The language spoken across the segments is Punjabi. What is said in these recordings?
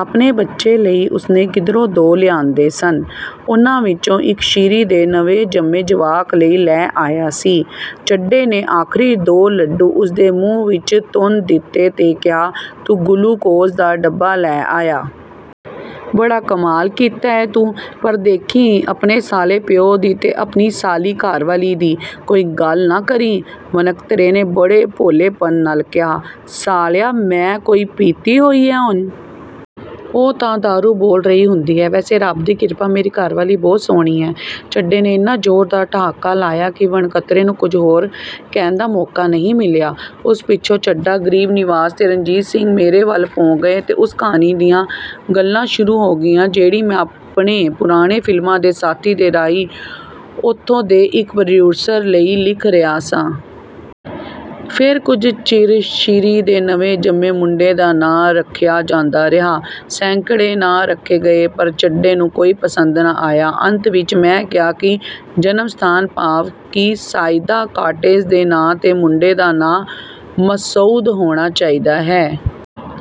ਆਪਣੇ ਬੱਚੇ ਲਈ ਉਸਨੇ ਕਿਧਰੋਂ ਦੋ ਲਿਆਂਦੇ ਸਨ, ਉਹਨਾਂ ਵਿਚੋਂ ਇਕ ਸ਼ੀਰੀਂ ਦੇ ਨਵੇਂ ਜੰਮੇ ਜਵਾਕ ਲਈ ਲੈ ਆਇਆ ਸੀ। ਚੱਡੇ ਨੇ ਆਖਰੀ ਦੋ ਲੱਡੂ ਉਸਦੇ ਮੂੰਹ ਵਿਚ ਤੁੰਨ ਦਿੱਤੇ ਤੇ ਕਿਹਾ, "ਤੂੰ ਗਲੂਕੋਸ ਦਾ ਡੱਬਾ ਲੈ ਆਇਆ। ਬੜਾ ਕਮਾਲ ਕੀਤਾ ਏ ਤੂੰ ਪਰ ਦੇਖੀਂ, ਆਪਣੇ ਸਾਲੇ ਪਿਉ ਦੀ ਤੇ ਆਪਣੀ ਸਾਲੀ ਘਰਵਾਲੀ ਦੀ, ਕੋਈ ਗੱਲ ਨਾ ਕਰੀਂ। " ਵਣਕਤਰੇ ਨੇ ਬੜੇ ਭੋਲੇਪਨ ਨਾਲ ਕਿਹਾ, "ਸਾਲਿਆ, ਮੈਂ ਕੋਈ ਪੀਤੀ ਹੋਈ ਏ ਹੁਣ? ਉਹ ਤਾਂ ਦਾਰੂ ਬੋਲ ਰਹੀ ਹੁੰਦੀ ਏ ਵੈਸੇ ਰਬ ਦੀ ਕ੍ਰਿਪਾ, ਮੇਰੀ ਘਰਵਾਲੀ ਬਹੁਤ ਸੋਹਣੀ ਹੈ। "ਚੱਡੇ ਨੇ ਏਨਾ ਜ਼ੋਰਦਾਰ ਠਹਾਕਾ ਲਾਇਆ ਕਿ ਵਣਕਤਰੇ ਨੂੰ ਕੁਝ ਹੋਰ ਕਹਿਣ ਦਾ ਮੌਕਾ ਨਹੀਂ ਮਿਲਿਆ। ਉਸ ਪਿੱਛੋਂ ਚੱਡਾ, ਗਰੀਬ ਨਿਵਾਜ ਤੇ ਰਣਜੀਤ ਸਿੰਘ ਮੇਰੇ ਵੱਲ ਭੌਂ ਗਏ ਤੇ ਉਸ ਕਹਾਣੀ ਦੀਆਂ ਗੱਲਾਂ ਸ਼ੁਰੂ ਹੋ ਗਈਆਂ ਜਿਹੜੀ ਮੈਂ ਆਪਣੇ ਪੁਰਾਣੇ ਫ਼ਿਲਮਾਂ ਦੇ ਸਾਥੀ ਦੇ ਰਾਹੀਂ ਉੱਥੋਂ ਦੇ ਇਕ ਪ੍ਰੋਡਿਊਸਰ ਲਈ ਲਿਖ ਰਿਹਾ ਸਾਂ। ਫੇਰ ਕੁਝ ਚਿਰ ਸ਼ੀਰੀਂ ਦੇ ਨਵੇਂ ਜੰਮੇ ਮੁੰਡੇ ਦਾ ਨਾਂਅ ਰੱਖਿਆ ਜਾਂਦਾ ਰਿਹਾ। ਸੈਂਕੜੇ ਨਾਂਅ ਰੱਖੇ ਗਏ, ਪਰ ਚੱਡੇ ਨੂੰ ਕੋਈ ਪਸੰਦ ਨਾ ਆਇਆ। ਅੰਤ ਵਿਚ ਮੈਂ ਕਿਹਾ ਕਿ ਜਨਮ ਸਥਾਨ ਭਾਵ ਕਿ ਸਈਦਾ ਕਾਟੇਜ ਦੇ ਨਾਂਅ 'ਤੇ ਮੁੰਡੇ ਦਾ ਨਾਂਅ ਮਸਊਦ ਹੋਣਾ ਚਾਹੀਦਾ ਹੈ।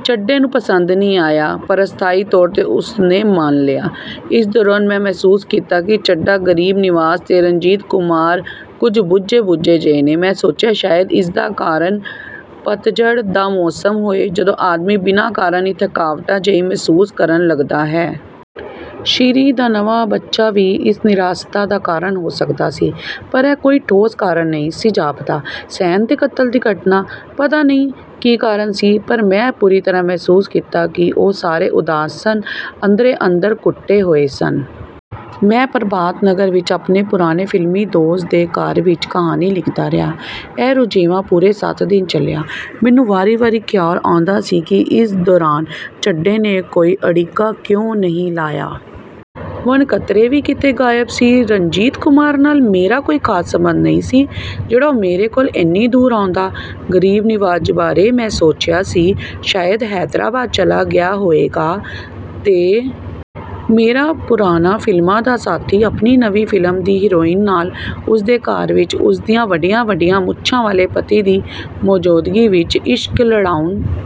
ਚੱਡੇ ਨੂੰ ਪਸੰਦ ਨਹੀਂ ਆਇਆ, ਪਰ ਅਸਥਾਈ ਤੌਰ 'ਤੇ ਉਸਨੇ ਮੰਨ ਲਿਆ। ਇਸ ਦੌਰਾਨ ਮੈਂ ਮਹਿਸੂਸ ਕੀਤਾ ਕਿ ਚੱਡਾ, ਗਰੀਬ ਨਿਵਾਜ ਤੇ ਰਣਜੀਤ ਕੁਮਾਰ ਕੁਝ ਬੁਝੇ-ਬੁਝੇ ਜਿਹੇ ਨੇ। ਮੈਂ ਸੋਚਿਆ, ਸ਼ਾਇਦ ਇਸ ਦਾ ਕਾਰਨ ਪਤਝੜ ਦਾ ਮੌਸਮ ਹੋਏ, ਜਦੋਂ ਆਦਮੀ ਬਿਨਾਂ ਕਾਰਨ ਹੀ ਥਕਾਵਟ ਜਿਹੀ ਮਹਿਸੂਸ ਕਰਨ ਲੱਗਦਾ ਹੈ। ਸ਼ੀਰੀਂ ਦਾ ਨਵਾਂ ਬੱਚਾ ਵੀ ਇਸ ਨਿਰਾਸਤਾ ਦਾ ਕਾਰਨ ਹੋ ਸਕਦਾ ਸੀ, ਪਰ ਇਹ ਕੋਈ ਠੋਸ ਕਾਰਨ ਨਹੀਂ ਸੀ ਜਾਪਦਾ। ਸੈਨ ਦੇ ਕਤਲ ਦੀ ਘਟਨਾ? ਪਤਾ ਨਹੀਂ ਕੀ ਕਾਰਨ ਸੀ ਪਰ ਮੈਂ ਪੂਰੀ ਤਰ੍ਹਾਂ ਮਹਿਸੂਸ ਕੀਤਾ ਕਿ ਉਹ ਸਾਰੇ ਉਦਾਸ ਸਨ; ਅੰਦਰੇ-ਅੰਦਰ ਘੁੱਟੇ ਹੋਏ ਸਨ। ਮੈਂ ਪ੍ਰਭਾਤ ਨਗਰ ਵਿਚ ਆਪਣੇ ਪੁਰਾਣੇ ਫਿਲਮੀਂ ਦੋਸਤ ਦੇ ਘਰ ਵਿਚ ਕਹਾਣੀ ਲਿਖਦਾ ਰਿਹਾ। ਇਹ ਰੁਝੇਵਾਂ ਪੂਰੇ ਸੱਤ ਦਿਨ ਚੱਲਿਆ। ਮੈਨੂੰ ਵਾਰੀ-ਵਾਰੀ ਖਿਆਲ ਆਉਂਦਾ ਸੀ ਕਿ ਇਸ ਦੌਰਾਨ ਚੱਡੇ ਨੇ ਕੋਈ ਅੜਿਕਾ ਕਿਉਂ ਨਹੀਂ ਲਾਇਆ। ਵਣਕਤਰੇ ਵੀ ਕਿਤੇ ਗਾਇਬ ਸੀ। ਰਣਜੀਤ ਕੁਮਾਰ ਨਾਲ ਮੇਰਾ ਕੋਈ ਖਾਸ ਸਬੰਧ ਨਹੀਂ ਸੀ, ਜਿਹੜਾ ਉਹ ਮੇਰੇ ਕੋਲ ਏਨੀ ਦੂਰ ਆਉਂਦਾ। ਗਰੀਬ ਨਿਵਾਜ ਬਾਰੇ ਮੈਂ ਸੋਚਿਆ ਸੀ, ਸ਼ਾਇਦ ਹੈਦਰਾਬਾਦ ਚਲਾ ਗਿਆ ਹੋਏਗਾ। ਤੇ ਮੇਰਾ ਪੁਰਾਣਾ ਫਿਲਮਾਂ ਦਾ ਸਾਥੀ ਆਪਣੀ ਨਵੀਂ ਫਿਲਮ ਦੀ ਹੀਰੋਇਨ ਨਾਲ, ਉਸਦੇ ਘਰ ਵਿਚ, ਉਸਦੀਆਂ ਵੱਡੀਆਂ-ਵੱਡੀਆਂ ਮੁੱਛਾਂ ਵਾਲੇ ਪਤੀ ਦੀ ਮੌਜੂਦਗੀ ਵਿਚ, ਇਸ਼ਕ ਲੜਾਉਣ